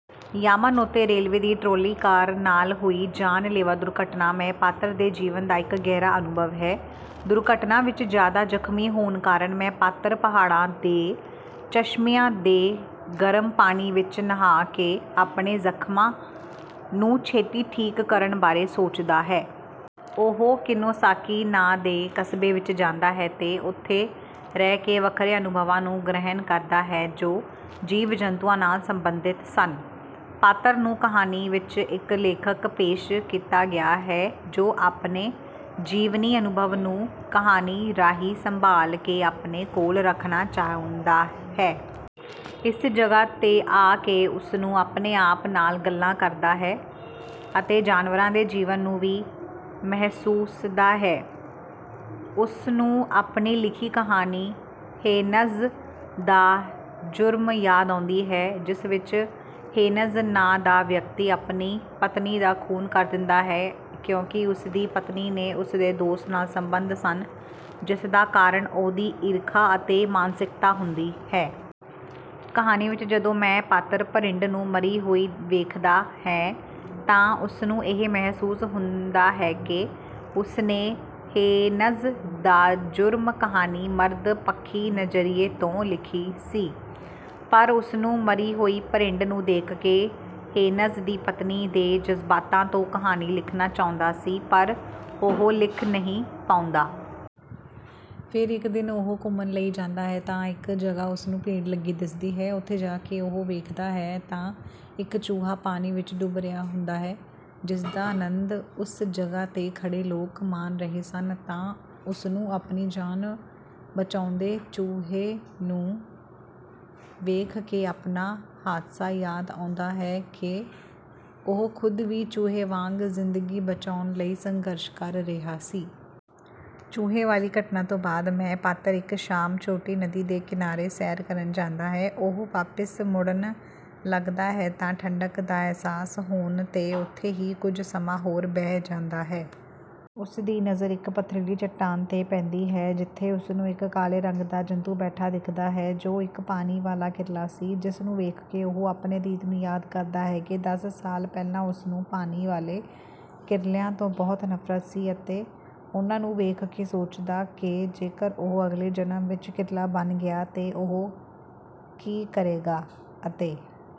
Yamanote railway ਦੀ trolley car ਨਾਲ ਹੋਈ ਜਾਨਲੇਵਾ ਦੁਰਘਟਨਾ" ਮੈਂ" ਪਾਤਰ ਦੇ ਜੀਵਨ ਦਾ ਇੱਕ ਗਹਿਰਾ ਅਨੁਭਵ ਹੈ। ਦੁਰਘਟਨਾ ਵਿੱਚ ਜ਼ਿਆਦਾ ਜ਼ਖਮੀ ਹੋਣ ਕਾਰਨ ਮੈਂ ਪਾਤਰ ਪਹਾੜਾਂ ਦੇ ਚਸ਼ਮਿਆਂ ਦੇ ਗਰਮ ਪਾਣੀ ਵਿੱਚ ਨਹਾ ਕੇ ਆਪਣੇ ਜ਼ਖਮਾਂ ਨੂੰ ਛੇਤੀ ਠੀਕ ਕਰਨ ਬਾਰੇ ਸੋਚਦਾ ਹੈ। ਉਹ ਕਿਨੋਸਾਕੀ ਨਾਂ ਦੇ ਕਸਬੇ ਵਿੱਚ ਜਾਂਦਾ ਹੈ ਅਤੇ ਉੱਥੇ ਰਹਿ ਕੇ ਵੱਖਰੇ ਅਨੁਭਵਾਂ ਨੂੰ ਗ੍ਰਹਿਣ ਕਰਦਾ ਹੈ ਜੋ ਜੀਵ-ਜੰਤੂਆਂ ਨਾਲ ਸਬੰਧਿਤ ਸਨ। ਪਾਤਰ ਨੂੰ ਕਹਾਣੀ ਵਿੱਚ ਇੱਕ ਲੇਖਕ ਪੇਸ਼ ਕੀਤਾ ਗਿਆ ਹੈ ਜੋ ਆਪਣੇ ਜੀਵਨੀ ਅਨੁਭਵ ਨੂੰ ਕਹਾਣੀ ਰਾਹੀਂ ਸੰਭਾਲ ਕੇ ਆਪਣੇ ਕੋਲ ਰੱਖਣਾ ਚਾਹੁੰਦਾ ਹੈ। ਇਸ ਜਗ੍ਹਾ ਤੇ ਆ ਕੇ ਉਸਨੂੰ ਆਪਣੇ ਆਪ ਨਾਲ ਗੱਲਾਂ ਕਰਦਾ ਹੈ ਅਤੇ ਜਾਨਵਰਾਂ ਦੇ ਜੀਵਨ ਨੂੰ ਵੀ ਮਹਿਸੁਸਦਾ ਹੈ। ਉਸਨੂੰ ਆਪਣੀ ਲਿਖੀ ਕਹਾਣੀ "ਹੇਨਜ਼ ਦਾ ਜੁਰਮ" ਯਾਦ ਆਉਂਦੀ ਹੈ, ਜਿਸ ਵਿੱਚ ਹੇਨਜ਼ ਨਾਂ ਦਾ ਵਿਅਕਤੀ ਆਪਣੀ ਪਤਨੀ ਦਾ ਖੂਨ ਕਰ ਦਿੰਦਾ ਹੈ ਕਿਉਂਕਿ ਉਸ ਦੀ ਪਤਨੀ ਦੇ ਉਸ ਦੇ ਦੋਸਤ ਨਾਲ ਸਬੰਧ ਸਨ ਜਿਸਦਾ ਕਾਰਨ ਉਹਦੀ ਈਰਖਾ ਅਤੇ ਮਾਨਸਿਕਤਾ ਹੁੰਦੀ ਹੈ। ਕਹਾਣੀ ਵਿੱਚ ਜਦੋਂ "ਮੈਂ" ਪਾਤਰ ਭਰਿੰਡ ਨੂੰ ਮਰੀ ਹੋਈ ਵੇਖਦਾ ਹੈ ਤਾਂ ਉਸਨੂੰ ਇਹ ਮਹਿਸੂਸ ਹੁੰਦਾ ਹੈ ਕਿ ਉਸਨੇ "ਹੇਨਜ਼ ਦਾ ਜੁਰਮ" ਕਹਾਣੀ ਮਰਦ ਪੱਖੀ ਨਜ਼ਰੀਏ ਤੋਂ ਲਿਖੀ ਸੀ। ਪਰ ਉਸਨੂੰ ਮਰੀ ਹੋਈ ਭਰਿੰਡ ਨੂੰ ਦੇਖ ਕੇ ਹੇਨਜ਼ ਦੀ ਪਤਨੀ ਦੇ ਜਜ਼ਬਾਤਾਂ ਤੋਂ ਕਹਾਣੀ ਲਿਖਣਾ ਚਾਹੁੰਦਾ ਸੀ ਪਰ ਉਹ ਲਿਖ ਨਹੀਂ ਪਾਉਂਦਾ। ਫਿਰ ਇੱਕ ਦਿਨ ਉਹ ਘੁੰਮਣ ਲਈ ਜਾਂਦਾ ਹੈ ਤਾਂ ਇੱਕ ਜਗ੍ਹਾ ਉਸਨੂੰ ਭੀੜ ਲੱਗੀ ਦਿਸਦੀ ਹੈ। ਉੱਥੇ ਜਾ ਕੇ ਉਹ ਵੇਖਦਾ ਹੈ ਤਾਂ ਇੱਕ ਚੂਹਾ ਪਾਣੀ ਵਿੱਚ ਡੁੱਬ ਰਿਹਾ ਹੁੰਦਾ ਹੈ ਜਿਸਦਾ ਅਨੰਦ ਉਸ ਜਗ੍ਹਾ ਤੇ ਖੜੇ ਲੋਕ ਮਾਣ ਰਹੇ ਸਨ ਤਾਂ ਉਸਨੂੰ ਆਪਣੀ ਜਾਨ ਬਚਾਉਂਦੇ ਚੂਹੇ ਨੂੰ ਵੇਖ ਕੇ ਆਪਣਾ ਹਾਦਸਾ ਯਾਦ ਆਉਂਦਾ ਹੈ ਕਿ ਉਹ ਖ਼ੁਦ ਵੀ ਚੂਹੇ ਵਾਂਗ ਜ਼ਿੰਦਗੀ ਬਚਾਉਣ ਲਈ ਸੰਘਰਸ਼ ਕਰ ਰਿਹਾ ਸੀ। ਚੂਹੇ ਵਾਲੀ ਘਟਨਾ ਤੋਂ ਬਾਅਦ "ਮੈਂ" ਪਾਤਰ ਇੱਕ ਸ਼ਾਮ ਛੋਟੀ ਨਦੀ ਦੇ ਕਿਨਾਰੇ ਸੈਰ ਕਰਨ ਜਾਂਦਾ ਹੈ। ਉਹ ਵਾਪਿਸ ਮੁੜਨ ਲੱਗਦਾ ਹੈ ਤਾਂ ਠੰਡਕ ਦਾ ਅਹਿਸਾਸ ਹੋਣ ਤੇ ਉੱਥੇ ਹੀ ਕੁਝ ਸਮਾਂ ਹੋਰ ਬਹਿ ਜਾਂਦਾ ਹੈ। ਉਸ ਦੀ ਨਜ਼ਰ ਇੱਕ ਪਥਰੀਲੀ ਚੱਟਾਨ ਤੇ ਪੈਂਦੀ ਹੈ ਜਿਥੇ ਉਸਨੂੰ ਇੱਕ ਕਾਲੇ ਰੰਗ ਦਾ ਜੰਤੁ ਬੈਠਾ ਦਿਖਦਾ ਹੈ ਜੋ ਇੱਕ ਪਾਣੀ ਵਾਲਾ ਕਿਰਲਾ ਸੀ। ਜਿਸ ਨੂੰ ਵੇਖ ਕੇ ਉਹ ਆਪਣੇ ਅਤੀਤ ਨੂੰ ਯਾਦ ਕਰਦਾ ਹੈ ਕਿ ਦਸ ਸਾਲ ਪਹਿਲਾਂ ਉਸਨੂੰ ਪਾਣੀ ਵਾਲੇ ਕਿਰਲਿਆਂ ਤੋਂ ਬਹੁਤ ਨਫ਼ਰਤ ਸੀ ਅਤੇ ਉਹਨਾਂ ਨੂੰ ਵੇਖ ਕੇ ਸੋਚਦਾ ਕਿ ਜੇਕਰ ਉਹ ਅਗਲੇ ਜਨਮ ਵਿੱਚ ਕਿਰਲਾ ਬਣ ਗਿਆ ਤੇ ਉਹ ਕਿ ਕਰੇਗਾ? ਅਤੇ